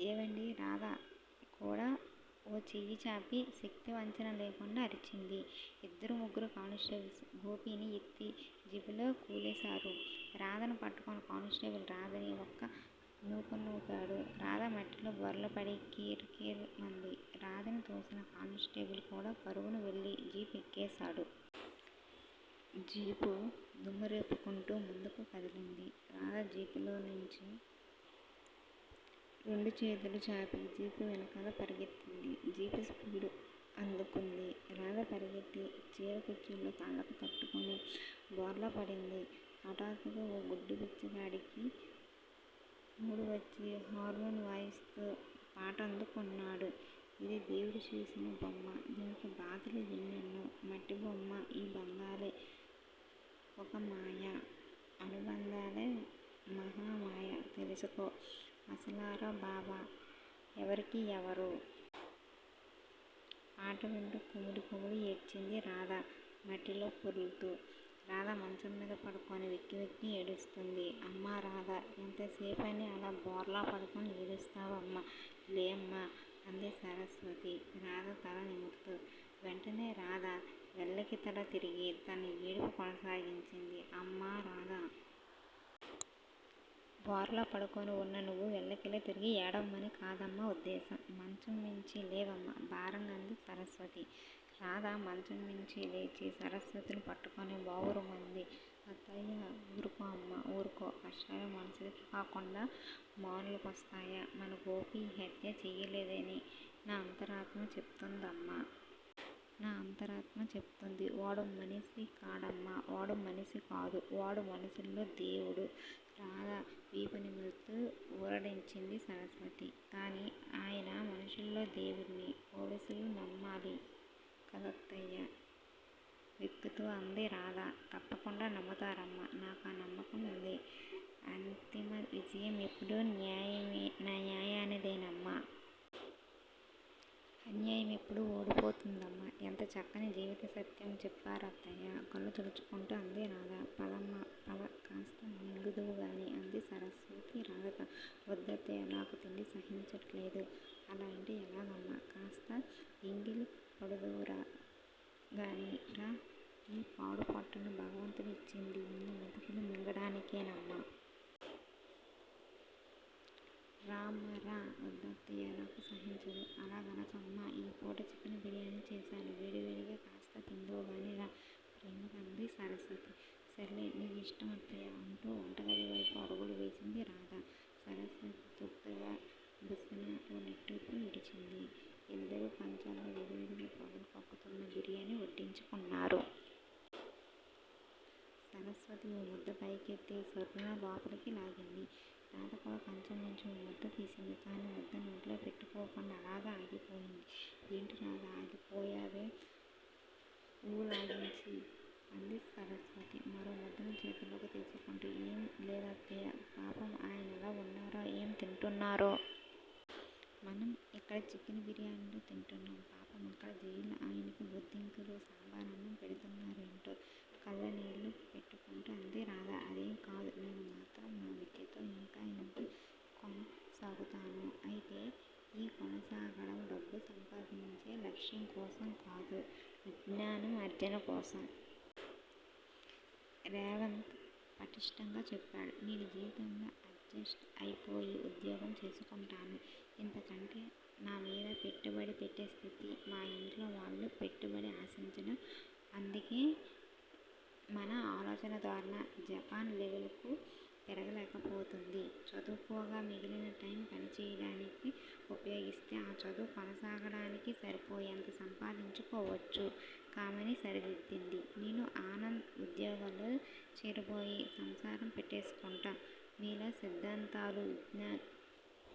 హేవండీ రాధకూడా ఓ చెయ్యిచాపి శక్తివంచన లేకుండా అరిచింది. ఇద్దరు ముగ్గురు కానిస్టేబుల్స్ గోపిని ఎత్తి జీపులో కూలేశారు. రాధని పట్టుకున్న కానిస్టేబులు రాధని ఒక్క నూకునూకాడు. రాధమట్టిలో బోర్లాపడి కేర్ కేర్ మంది. రాధని తోసిన కానిస్టేబుల్ కూడా పరుగున వెళ్ళి జీపు ఎక్కేశాడు. జీపు దుమ్మురేపుకుంటూ ముందుకు కదిలింది. రాధా జీపులోంచి రెండు చేతులూ చాపి జీపు వెనకాల పరిగెత్తింది. జీపు స్పీడందుకుంది. రాధ పరుగెత్తి చీరకుచ్చిళ్ళు కాళ్ళకు తట్టుకుని బోర్లా పడింది. హఠాత్తుగా ఓ గుడ్డి బిచ్చగాడికి మూడ్ వచ్చి హార్మానీ వాయిస్తూ పాటందుకున్నాడు. ఇది దేవుడు చేసిన బొమ్మా దీనికి బాధలు ఎన్నెన్నో మట్టిబొమ్మా ఈ బంధాలే ఒక మాయా అనుబంధాలే మహా మాయా తెలుసుకు మసలరో బావా ఎవరికీ ఎవరూ??? పాట వింటూ కుమిలి కుమిలి ఏడ్చింది రాధ మట్టిలో పొర్లుతూ. రాధ మంచంమీద పడుకుని వెక్కివెక్కి ఏడుస్తూంది. అమ్మా రాధా. ఎంతసేపని అలా బోర్లాపడుకుని ఏడుస్తావమ్మా, లేమ్మాలే. అంది సరస్వతి రాధ తల నిముర్తూ. వెంటనే రాధ వెల్లకితలా తిరిగి తన ఏడుపు కొనసాగించింది. హమ్మా రాధా! బోర్లాపడుకుని ఉన్న నువ్వు వెల్లకిలా తిరిగి ఏడవమని కాదమ్మా ఉద్దేశం. మంచంమీంచి లేవమ్మా. భారంగా అంది సరస్వతి. రాధ మంచంమీంచి లేచి సరస్వతిని పట్టుకుని బావురుమంది. హత్తయ్యా ఊర్కో అమ్మా. ఊర్కో. కష్టాలు మనుషులకు కాకుండా మానులకొస్తాయా. మన గోపి ఈ హత్య చెయ్యలేదని నా అంతరాత్మ చెప్తుందమ్మా. నా అంతరాత్మ చెప్తుంది. వాడు మనిషి కాడమ్మా! వాడు మనిషి కాదు. వాడు మనుషుల్లో దేవుడు రాధ వీపునిముర్తూ ఊరడించింది సరస్వతి. కానీ ఆయన మనుషుల్లో దేవుడని పోలీసులు నమ్మాలి కదత్తయ్యా? వెక్కుతూ అంది రాధ తప్పకుండా నమ్ముతారమ్మా. నాకా నమ్మకం వుంది. అంతిమవిజయం ఎప్పుడూ న్యాయానిదేనమ్మా. అన్యాయం ఎప్పుడూ ఓడిపోతుందమ్మా. ఎంత చక్కని జీవితసత్యం చెప్పారత్తయ్యా. కళ్ళు తుడుచుకుంటూ అంది రాధ. పదమ్మా పద కాస్త మింగుదువుగాని అంది సరస్వతి రాధతో. వద్దత్తయ్యా. నాకు తిండి సహించట్లేదు. అలా అంటే ఎలాగమ్మా. కాస్త ఎంగిలిపడుదువుగానీ రా. ఈ పాడుపొట్టని భగవంతుడు ఇచ్చింది ఇన్ని మెతుకులు మింగడానికే నమ్మా. రామ్మా రా. వద్దత్తయ్యా నాకు సహించదు! అలాగనకమ్మా. ఈపూట చికెన్ బిర్యానీ చేసాను. వేడివేడిగా కాస్త తిందువుగానీ రా ప్రేమగా అంది సరస్వతి. సర్లే. నీ ఇష్టం అత్తయ్యా. అంటూ వంటగదివైపు అడుగులు వేసింది రాధ. సరస్వతి తృప్తిగా బుస్సున ఓ నిట్టూర్పు విడిచింది. ఇద్దరూ కంచాల్లో వేడివేడిగా పొగలు కక్కుతున్న బిర్యానీవడ్డించుకున్నారు. సరస్వతి ఓముద్ద పైకెత్తి సర్రున లోపలికి లాగింది. రాధ కూడా కంచంలోంచి ఓ ముద్దతీసింది. కానీ ముద్ద నోట్లో పెట్టుకోకుండా అలాగే ఆగిపోయింది. ఏంటి రాధా. ఆగిపోయావేం? ఊ లాగించు అంది సరస్వతి మరో ముద్దని చేతిలోకి తీస్కుంటూ. ఏం లేదత్తయ్యా. పాపం ఆయనెలా ఉన్నారో ఏం తింటున్నారో? మనం ఇక్కడ చికెన్ బిర్యానీలు తింటున్నాం. పాపం! అక్కడ జైల్లో ఆయనకి బొద్దింకల సాంబారన్నం పెడ్తున్నారో ఏంటో! కళ్ళనీళ్ళు పెట్టుకుంటూ అంది రాధ. అదేంకాదు. నేను మాత్రం నా విద్యతో ఇంకా ఇంకా కొనసాగుతాను. అయితే ఈ కొనసాగడం డబ్బు సంపాదించే లక్ష్యం కోసం కాదు- విజ్ఞానార్జన కోసం! రేవంత్ పట్టిష్టంగా చెప్పాడు. నేను జీవితంలో అడ్జెస్ట్ అయిపోయి ఉద్యోగం చేసుకుంటాను. ఇంతకంటే నామీద పెట్టుబడి పెట్టే స్థితి మా ఇంట్లోవాళ్ళ పెట్టుబడి ఆశించడం! అందుకే మన ఆలోచనధోరణి జపాన్ లెవెల్ కు పెరగలేకపోతోంది. చదువుకోగా మిగిలిన టైమ్ పనిచేయడానికుపయోగిస్తే ఆ చదువు కొనసాగడానికి సరిపోయేంత సంపాదించుకోవచ్చు కామిని సరిదిద్దింది. నేనూ, ఆనంద్ ఉద్యోగాల్లో చేరిపోయి సంసారం పెట్టేసుకుంటాం. మీలా సిద్దాంతాలూ, విజ్ఞాన